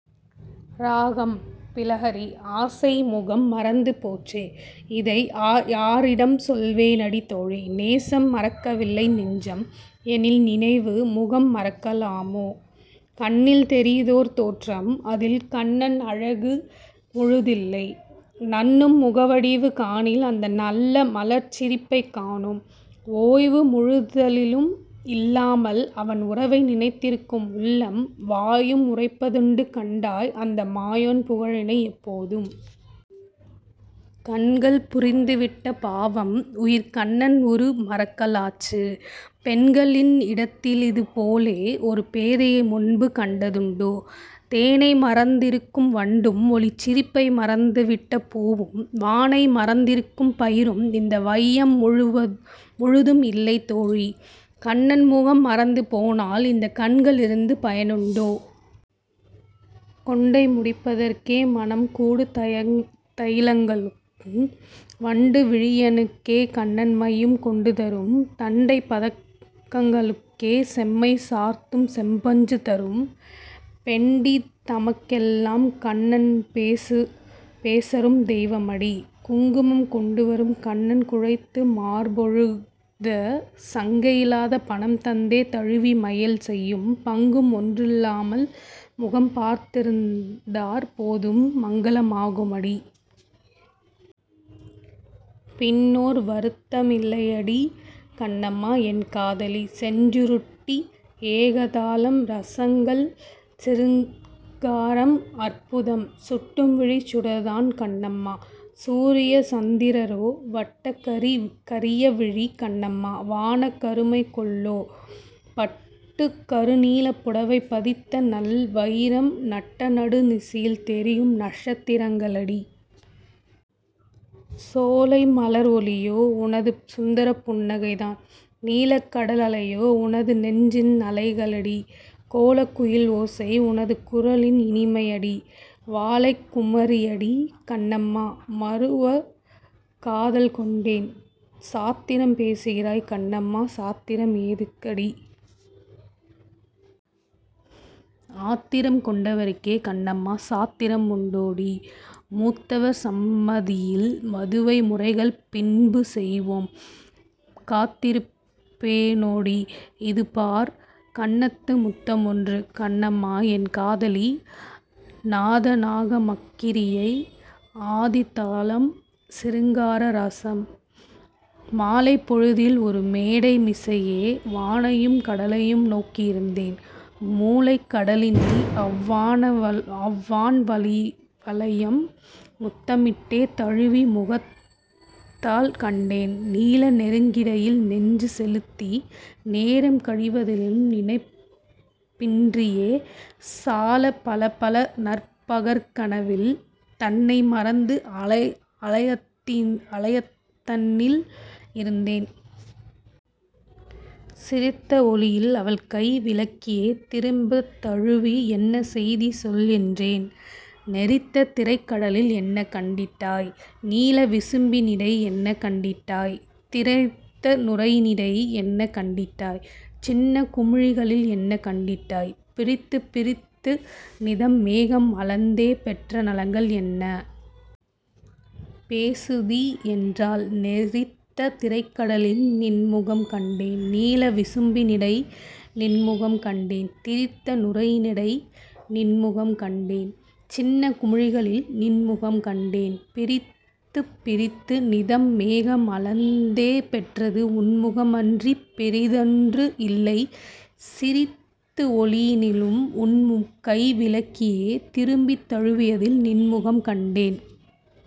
ராகம் பிலஹரி ஆசை முகமறந்து போச்சே இதை ஆரிடம் செல்வேனடி தோழி? நேச மறக்கவில்லை நெஞ்சம் எனில் நினைவு முகமறக்க லாமோ? கண்ணில் தெரியுதொரு தோற்றம் அதில் கண்ண னழகுமுழு தில்லை நண்ணு முகவடிவு காணில் அந்த நல்ல மலர்ச்சிரிப்பைக் காணோம். ஓய்வு மொழிதலுமில் லாமல் அவன் உறவை நினைத்திருக்கும் உள்ளம்; வாயு முரைப்ப துண்டு கண்டாய் அந்த மாயன் புகழினையெப் போதும். கண்கள் புரிந்துவிட்ட பாவம் உயிர்க் கண்ண னுருமறக்க லாச்சு; பெண்க ளினிடத்திலிது போலே ஒரு பேதையை முன்புகண்ட துண்டோ? தேனை மறந்திருக்கும் வண்டும் ஒளிச் சிரிப்பை மறந்துவிட்ட பூவும் வானை மறந்திருக்கும் பயிரும் இந்த வைய முழுதுமில்லை தோழி!. கண்ணன் முகம்மறந்து போனால் இந்தக் கண்க ளிருந்து பயனுண்டோ? கொண்டை முடிப்பதற்கே; மணங் கூடு தயிலங்களும், வண்டு விழியினுக்கே கண்ணன் மையுங் கொண்டுதரும்; தண்டைப் பதங்களுக்கே செம்மை சார்த்துசெம் பஞ்சுதரும்; பெண்டிர் தமக்கெல்லாம் கண்ணன் பேசருந் தெய்வமடீ! குங்குமங் கொண்டுவரும் கண்ணன் குழைத்து மார்பொழுத; சங்கையி லாதபணம் தந்தே தழுவி மையல் செய்யும்; பங்கமொன் றில்லாமல் மகம் பார்த்திருந் தாற்போதும்; மங்கள மாகுமடீ! பின்னோர் வருத்த மில்லையடி!.. கண்ணம்மா என் காதலி செஞ்சுருட்டி ஏகதாளம் ரசங்கள்: சிருங்காரம், அற்புதம் சுட்டும் விழிச்சுடர் தான், கண்ணம்மா! சூரிய சந்திர ரோ? வட்டக் கரிய விழி, கண்ணம்மா! வானக் கருமை கொல்லோ? பட்டுக் கருநீலப் புடவை பதித்த நல் வயிரம் நட்ட நடு நிசியில் தெரியும் நக்ஷத் திரங்க ளடீ! சோலை மல ரொளியோ உனது சுந்தரப் புன்னகை தான் நீலக் கடலலையே உனது நெஞ்சி லலைக ளடீ! கோலக் குயி லோசை உனது குரலி னிமை யடீ! வாலைக் குமரி யடீ, கண்ணம்மா! மருவக் காதல் கொண்டேன். சாத்திரம் பேசுகிறாய், கண்ணம்மா! சாத்திர மேதுக் கடீ! ஆத்திரங் கொண்டவர்க்கே, கண்ணம்மா! சாத்திர முண்டோ டீ! மூத்தவர் சம்மதியில் வதுவை முறைகள் பின்பு செய்வோம்; காத்திருப் பேனோ டீ? இதுபார், கன்னத்து முத்த மொன்று!. கண்ணம்மா என் காதலி நாதநாமக்கிரியை ஆதிதாளம் சிருங்கார ரசம் மாலைப் பொழுதிலொரு மேடை மிசையே வானையும் கடலையும் நோக்கி யிருந்தேன்; மூலைக் கடலினையவ் வான வளையம் முத்தமிட் டேதழுவி முகிழ்த்தல் கண்டேன்; நீல நெருக்கிடையில் நெஞ்சு செலுத்தி, நேரங் கழிவ திலும் நினைப்பின்றியே சாலப் பலபல நற் பகற்கனவில் தன்னை மறந்தலயந் தன்னில் இருந்தேன். சிரித்த ஒலியிலவள் கைவி லக்கியே திருமித் தழுவி ''என்ன செய்தி சொல்'' என்றேன்; ''நெரித்த திரைக்கடலில் என்ன கண்டிட்டாய்? நீல விசும்பினிடை என்ன கண்டிட்டாய்? திரித்த நுரையினிடை என்ன கண்டிட்டாய்? சின்னக் குமிழிகளில் என்ன கண்டிட்டாய்? பிரித்துப் பிரித்துநிதம் மேகம் அளந்தே பெற்ற நலங்கள் என்ன? பேசுதி'' என்றாள். ''நெரித்த திரைக்கடலில் நின்முகங் கண்டேன்; நீல விசும்பினிடை நின்முகங் கண்டேன்; திரித்த நுரையினிடை நின்முகங் கண்டேன்; சின்னக் குமிழிகளில் நின்முகங் கண்டேன்; பிரித்துப் பிரித்துநிதம் மேகம் அளந்தே பெற்றுதுன் முகமன்றிப் பிறிதொன் றில்லை; சிரித்த ஒலியினிலுன் கைவி லக்கியே, திருமித் தழுவியதில் நின்முகங் கண்டேன்''..